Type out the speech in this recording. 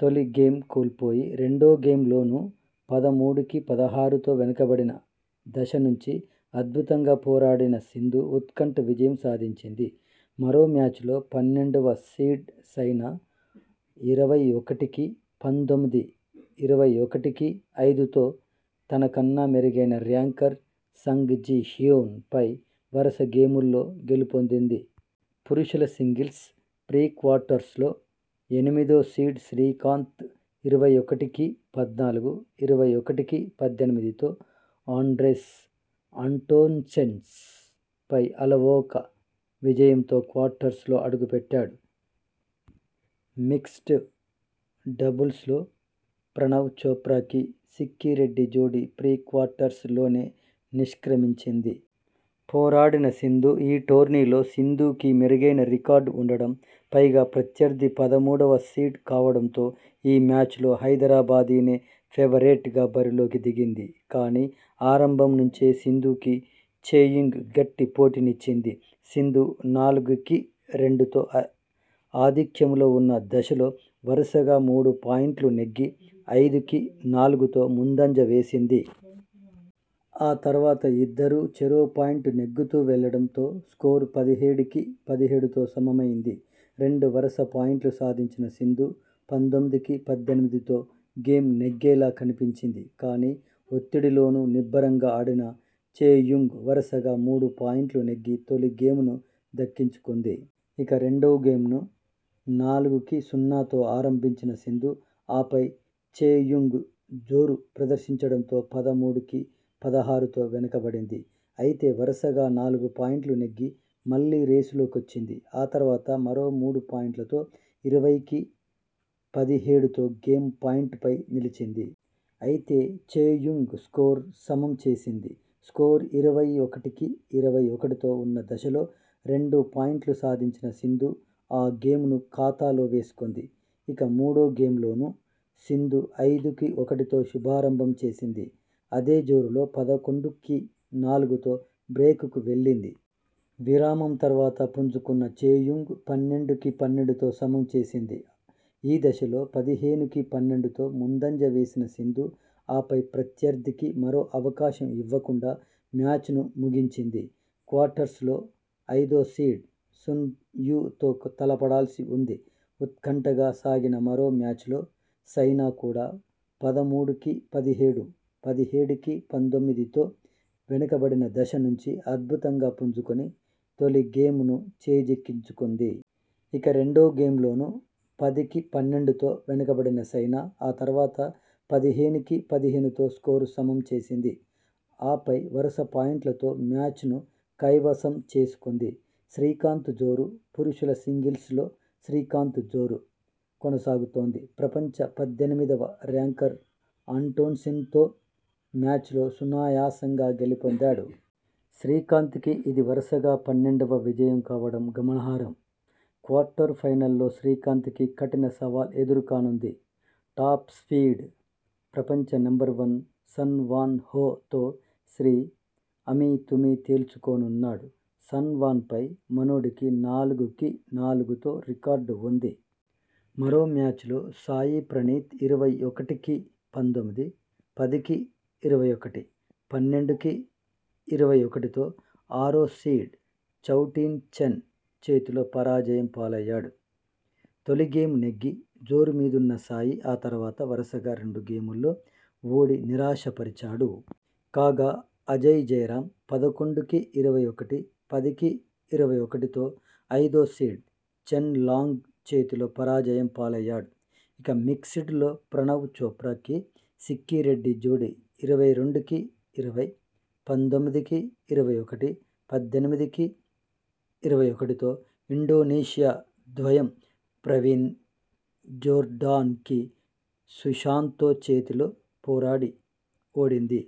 తొలి గేమ్ కోల్పోయి రెండో గేమ్లో నూ పదమూడు కి పదహారుతో వెనకబడిన దశ నుంచి అద్భుతంగా పోరాడిన సింధు ఉత్కంఠ విజయం సాధించింది. మరో మ్యాచ్లో పన్నెండువ సీడ్ సైనా ఇరవై ఒకటి కి పంతొమ్మిది, ఇరవై ఒకటి కి ఐదుతో తనకన్నా మెరుగైౖన ర్యాంకర్ సంగ్ జి హ్యున్ పై వరుస గేముల్లో గెలుపొందింది. పురుషుల సింగిల్స్ ప్రీ క్వార్టర్స్లో ఎనిమిదో సీడ్ శ్రీకాంత్ ఇరవై ఒకటి కి పద్నాలుగు, ఇరవై ఒకటి కి పద్దెనిమిదితో ఆండ్రెస్ ఆంటోన్సెన్ పై అలవోక విజయంతో క్వార్టర్స్లో అడుగుపెట్టాడు. మిక్స్డ్ డబుల్స్లో ప్రణవ్ చోప్రా కి సిక్కిరెడ్డి జోడీ ప్రీ క్వార్టర్స్ లోనే నిష్క్రమించింది. పోరాడిన సింధు.. ఈ టోర్నీలో సింధుకి మెరుగైన రికార్డు ఉండడం, పైగా ప్రత్యర్థి పదమూడువ సీడ్ కావడంతో ఈ మ్యాచ్లో హైదరాబాదీనే ఫేవరెట్గా బరిలోకి దిగింది. కానీ.. ఆరంభం నుంచే సింధుకి చెయుంగ్ గట్టి పోటీనిచ్చింది. సింధు నాలుగు కి రెండుతో ఆధిక్యంలో ఉన్న దశలో వరుసగా మూడు పాయింట్లు నెగ్గి ఐదు కి నాలుగుతో ముందంజ వేసింది. ఆ తర్వాత ఇద్దరూ చెరో పాయింట్ నెగ్గుతూ వెళ్లడం తో స్కోరు పదిహేడు కి పదిహేడుతో సమమైంది. రెండు వరుస పాయింట్లు సాధించిన సింధు పంతొమ్మిది కి పద్దెనిమిదితో గేమ్ నెగ్గేలా కనిపించింది. కానీ.. ఒత్తిడిలోనూ నిబ్బరంగా ఆడిన చెయుంగ్ వరుసగా మూడు పాయింట్లు నెగ్గి తొలి గేమ్ను దక్కించుకుంది. ఇక రెండోగేమ్ను నాలుగు కి సున్నాతో ఆరంభించిన సింధు.. ఆపై చెయుంగ్ జోరు ప్రదర్శించడంతో పదమూడు కి పదహారుతో వెనకబడింది. అయితే వరుసగా నాలుగు పాయింట్లు నెగ్గి మళ్లీ రేసులోకొచ్చింది. ఆ తర్వాత మరో మూడు పాయింట్లతో ఇరవై కి పదిహేడుతో గేమ్ పాయింట్ పై నిలిచింది. అయితే చెయుంగ్ స్కోరు సమం చేసింది. స్కోరు ఇరవై ఒకటి కి ఇరవై ఒకటితో ఉన్న దశలో రెండు పాయింట్లు సాధించిన సింధు ఆ గేమ్ను ఖాతాలో వేసుకుంది. ఇక మూడో గేమ్లోనూ సింధు ఐదు కి ఒకటితో శుభారంభం చేసింది. అదే జోరులో పదకొండు కి నాలుగుతో బ్రేక్ కు వెళ్లింది. విరామం తర్వాత పుంజుకున్న చెయుంగ్ పన్నెండు కి పన్నెండుతో సమం చేసింది. ఈ దశలో పదిహేను కి పన్నెండుతో ముందంజ వేసిన సింధు ఆపై ప్రత్యర్థికి మరో అవకాశం ఇవ్వకుండా మ్యాచ్ను ముగించింది. క్వార్టర్స్లో ఐదోసీడ్ సున్ యు తో తలపడాల్సి ఉంది. ఉత్కంఠగా సాగిన మరో మ్యాచ్లో సైనా కూడా పదమూడు- కి పదిహేడు, పదిహేడు కి పంతొమ్మిదితో వెనకబడిన దశ నుంచి అద్భుతంగా పుంజుకొని తొలిగేమ్ ను చేజిక్కించుకుంది. ఇక రెండో గేమ్లోనూ పది కి పన్నెండుతో వెనకబడిన సైనా ఆ తర్వాత పదిహేను కి పదిహేనుతో స్కోరు సమం చేసింది. ఆపై వరుస పాయింట్లతో మ్యాచ్ ను కైవసం చేసుకుంది. శ్రీకాంత్ జోరు.. పురుషుల సింగిల్స్లో శ్రీకాంత్ జోరు కొనసాగుతోంది. ప్రపంచ పద్దెనిమిదివ ర్యాంకర్ ఆంటోన్సెన్తో మ్యాచ్లో సునాయాసం గా గెలుపొందాడు. శ్రీకాంత్ కి ఇది వరుసగా పన్నెండువ విజయం కావడం గమనార్హం. క్వార్టర్ ఫైనల్లో శ్రీకాంత్ కి కఠిన సవాల్ ఎదురుకానుంది. టాప్సీడ్, ప్రపంచ నెంబర్వన్ సన్ వాన్ హో తో శ్రీ.. అమీతుమీ తేల్చుకోనున్నాడు. సన్ వాన్పై మనోడికి నాలుగు కి నాలుగుతో రికార్డు ఉంది. మరో మ్యాచ్లో సాయి ప్రణీత్ ఇరవై ఒకటి కి పంతొమ్మిది, పది కి ఇరవై ఒకటి, పన్నెండు కి ఇరవై ఒకటితో ఆరోసీడ్ చౌ టిన్ చెన్ చేతిలో పరాజయం పాలయ్యాడు. తొలి గేమ్ నెగ్గి జోరుమీదున్న సాయి ఆ తర్వాత వరుసగా రెండు గేముల్లో ఓడి నిరాశపరి చాడు. కాగా.. అజయ్ జయరాం పదకొండు కి ఇరవై ఒకటి, పది కి ఇరవై ఒకటితో ఐదోసీడ్ చెన్ లాంగ్ చేతిలో పరాజయం పాలయ్యాడు. ఇక మిక్సిడ్ లో ప్రణవ్ చోప్రా కి సిక్కి రెడ్డి జోడీ ఇరవై రెండు కి ఇరవై, పద్దెనిమిది కి ఇరవై ఒకటి, పద్దెనిమిది కి ఇరవై ఒకటితో ఇండోనేసియా ద్వయం ప్రవీణ్ జోర్డాన్ కి సుశాంతో చేతిలో పోరాడి ఓడింది.